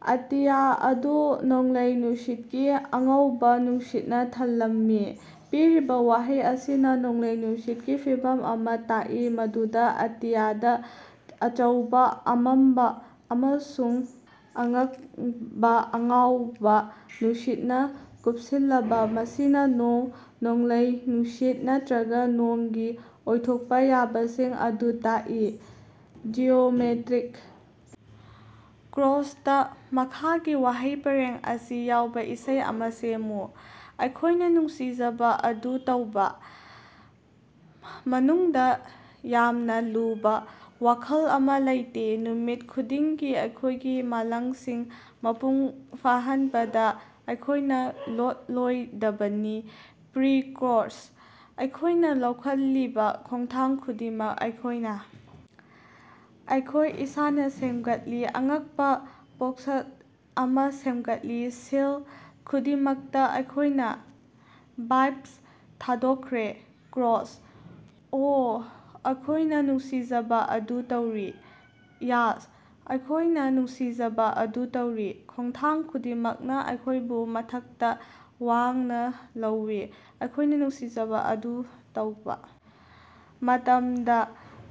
ꯑꯇꯤꯌꯥ ꯑꯗꯨ ꯅꯣꯡꯂꯩ ꯅꯨꯡꯁꯤꯠꯀꯤ ꯑꯉꯧꯕ ꯅꯨꯡꯁꯤꯠꯅ ꯊꯜꯂꯝꯃꯤ꯫ ꯄꯤꯔꯤꯕ ꯋꯥꯍꯩ ꯑꯁꯤꯅ ꯅꯣꯡꯂꯩ-ꯅꯨꯡꯁꯤꯠꯀꯤ ꯐꯤꯚꯝ ꯑꯃ ꯇꯥꯛꯏ ꯃꯗꯨꯗ ꯑꯇꯤꯌꯥꯗ ꯑꯆꯧꯕ, ꯑꯃꯝꯕ ꯑꯃꯁꯨꯡ ꯑꯛꯅꯕ ꯑꯉꯧꯕ ꯅꯨꯡꯁꯤꯠꯅ ꯀꯨꯞꯁꯤꯜꯂꯕ, ꯃꯁꯤꯅ ꯅꯣꯡ, ꯅꯣꯡꯂꯩ-ꯅꯨꯡꯁꯤꯠ ꯅꯠꯇꯔꯒ ꯅꯣꯡꯒꯤ ꯑꯣꯏꯊꯣꯛꯄ ꯌꯥꯕꯁꯤꯡ ꯑꯗꯨ ꯇꯥꯛꯏ꯫ ꯖꯤꯑꯣꯃꯦꯇꯔꯤꯛ ꯀꯣꯔꯁꯇ ꯃꯈꯥꯒꯤ ꯋꯥꯍꯩ ꯄꯔꯦꯡ ꯑꯁꯤ ꯌꯥꯎꯕ ꯏꯁꯩ ꯑꯃ ꯁꯦꯝꯃꯨ: "ꯑꯩꯈꯣꯏꯅ ꯅꯨꯡꯁꯤꯖꯕ ꯑꯗꯨ ꯇꯧꯕꯥ! ꯃꯅꯨꯡꯗ ꯌꯥꯝꯅ ꯂꯨꯕ ꯋꯥꯈꯜ ꯑꯃ ꯂꯩꯇꯦ ꯅꯨꯃꯤꯠ ꯈꯨꯗꯤꯡꯒꯤ ꯑꯩꯈꯣꯏꯒꯤ ꯃꯪꯂꯥꯟꯁꯤꯡ ꯃꯄꯨꯡ ꯐꯥꯍꯟꯕꯗ ꯑꯩꯈꯣꯏꯅ ꯂꯣꯠꯂꯣꯏꯗꯕꯅꯤ ꯄ꯭ꯔꯤ-ꯀꯣꯔꯁ: ꯑꯩꯈꯣꯏꯅ ꯂꯧꯈꯠꯂꯤꯕ ꯈꯣꯡꯊꯥꯡ ꯈꯨꯗꯤꯡꯃꯛ ꯑꯩꯈꯣꯏꯅ ꯑꯩꯈꯣꯏ ꯏꯁꯥꯅ ꯁꯦꯝꯒꯠꯂꯤ, ꯑꯉꯛꯄꯥ ꯄꯣꯠꯁꯛ ꯑꯃꯥ ꯁꯦꯝꯒꯠꯂꯤ ꯁꯤꯜ ꯈꯨꯗꯤꯡꯃꯛꯇ ꯑꯩꯈꯣꯏꯅ꯫ 'ꯚꯥ꯭ꯏꯞ ꯊꯥꯗꯣꯛꯈ꯭ꯔꯦ꯫ ꯀꯣꯔꯁ: ꯑꯣ ꯑꯩꯈꯣꯏꯅ ꯅꯨꯡꯁꯤꯖꯕ ꯑꯗꯨ ꯇꯧꯔꯤ, ꯌ꯭ꯍ ꯑꯩꯈꯣꯏꯅ ꯅꯨꯡꯁꯤꯖꯕ ꯑꯗꯨ ꯇꯧꯔꯤ, ꯈꯣꯡꯊꯥꯡ ꯈꯨꯗꯤꯡꯃꯛꯅ ꯑꯩꯈꯣꯏꯕꯨ ꯃꯊꯛꯇ ꯋꯥꯡꯅ ꯂꯧꯏ, ꯑꯩꯈꯣꯏꯅ ꯅꯨꯡꯁꯤꯖꯕ ꯑꯗꯨ ꯇꯧꯕꯥ ꯃꯇꯝꯗ꯫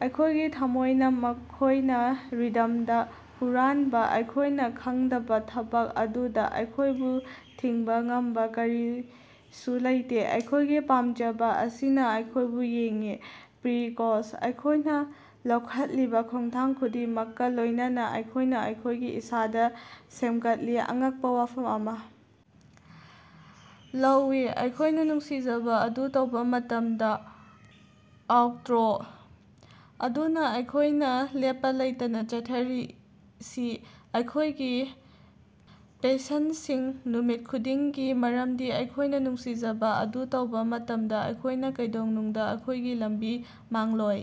ꯑꯩꯈꯣꯏꯒꯤ ꯊꯝꯃꯣꯏꯅ ꯃꯈꯣꯏꯅ ꯔꯤꯗꯝꯗ ꯍꯨꯔꯥꯟꯕ ꯑꯩꯈꯣꯏꯅ ꯈꯪꯗꯕ ꯊꯕꯛ ꯑꯗꯨꯗ, ꯑꯩꯈꯣꯏꯕꯨ ꯊꯤꯡꯕ ꯉꯝꯕ ꯀꯔꯤꯁꯨ ꯂꯩꯇꯦ, ꯑꯩꯈꯣꯏꯒꯤ ꯄꯥꯝꯖꯕ ꯑꯁꯤꯅ ꯑꯩꯈꯣꯏꯕꯨ ꯌꯦꯡꯏ꯫ ꯄ꯭ꯔꯤ-ꯀꯣꯔꯁ: ꯑꯩꯈꯣꯏꯅ ꯂꯧꯈꯠꯂꯤꯕ ꯈꯣꯡꯊꯥꯡ ꯈꯨꯗꯤꯡꯃꯛꯀ ꯂꯣꯏꯅꯅ, ꯑꯩꯈꯣꯏꯅ ꯑꯩꯈꯣꯏꯒꯤ ꯏꯁꯥꯗ ꯁꯦꯝꯒꯠꯂꯤ, ꯑꯉꯛꯄ ꯋꯥꯐꯝ ꯑꯃ ꯂꯧꯏ, ꯑꯩꯈꯣꯏꯅ ꯅꯨꯡꯁꯤꯖꯕ ꯑꯗꯨ ꯇꯧꯕ ꯃꯇꯝꯗ꯫ ꯑꯥꯎꯇ꯭ꯔꯣ: ꯑꯗꯨꯅ ꯑꯩꯈꯣꯏꯅꯥ ꯂꯦꯞꯄꯥ ꯂꯩꯇꯅꯥ ꯆꯠꯊꯔꯁꯤ, ꯑꯩꯈꯣꯏꯒꯤ ꯄꯦꯁꯟꯁꯤꯡ ꯅꯨꯃꯤꯠ ꯈꯨꯗꯤꯡꯒꯤ, ꯃꯔꯝꯗꯤ ꯑꯩꯈꯣꯏꯅ ꯅꯨꯡꯁꯤꯖꯕ ꯑꯗꯨ ꯇꯧꯕ ꯃꯇꯝꯗ, ꯑꯩꯈꯣꯏꯅ ꯀꯩꯗꯧꯅꯨꯡꯗ ꯑꯩꯈꯣꯏꯒꯤ ꯂꯝꯕꯤ ꯃꯥꯡꯂꯣꯏ꯫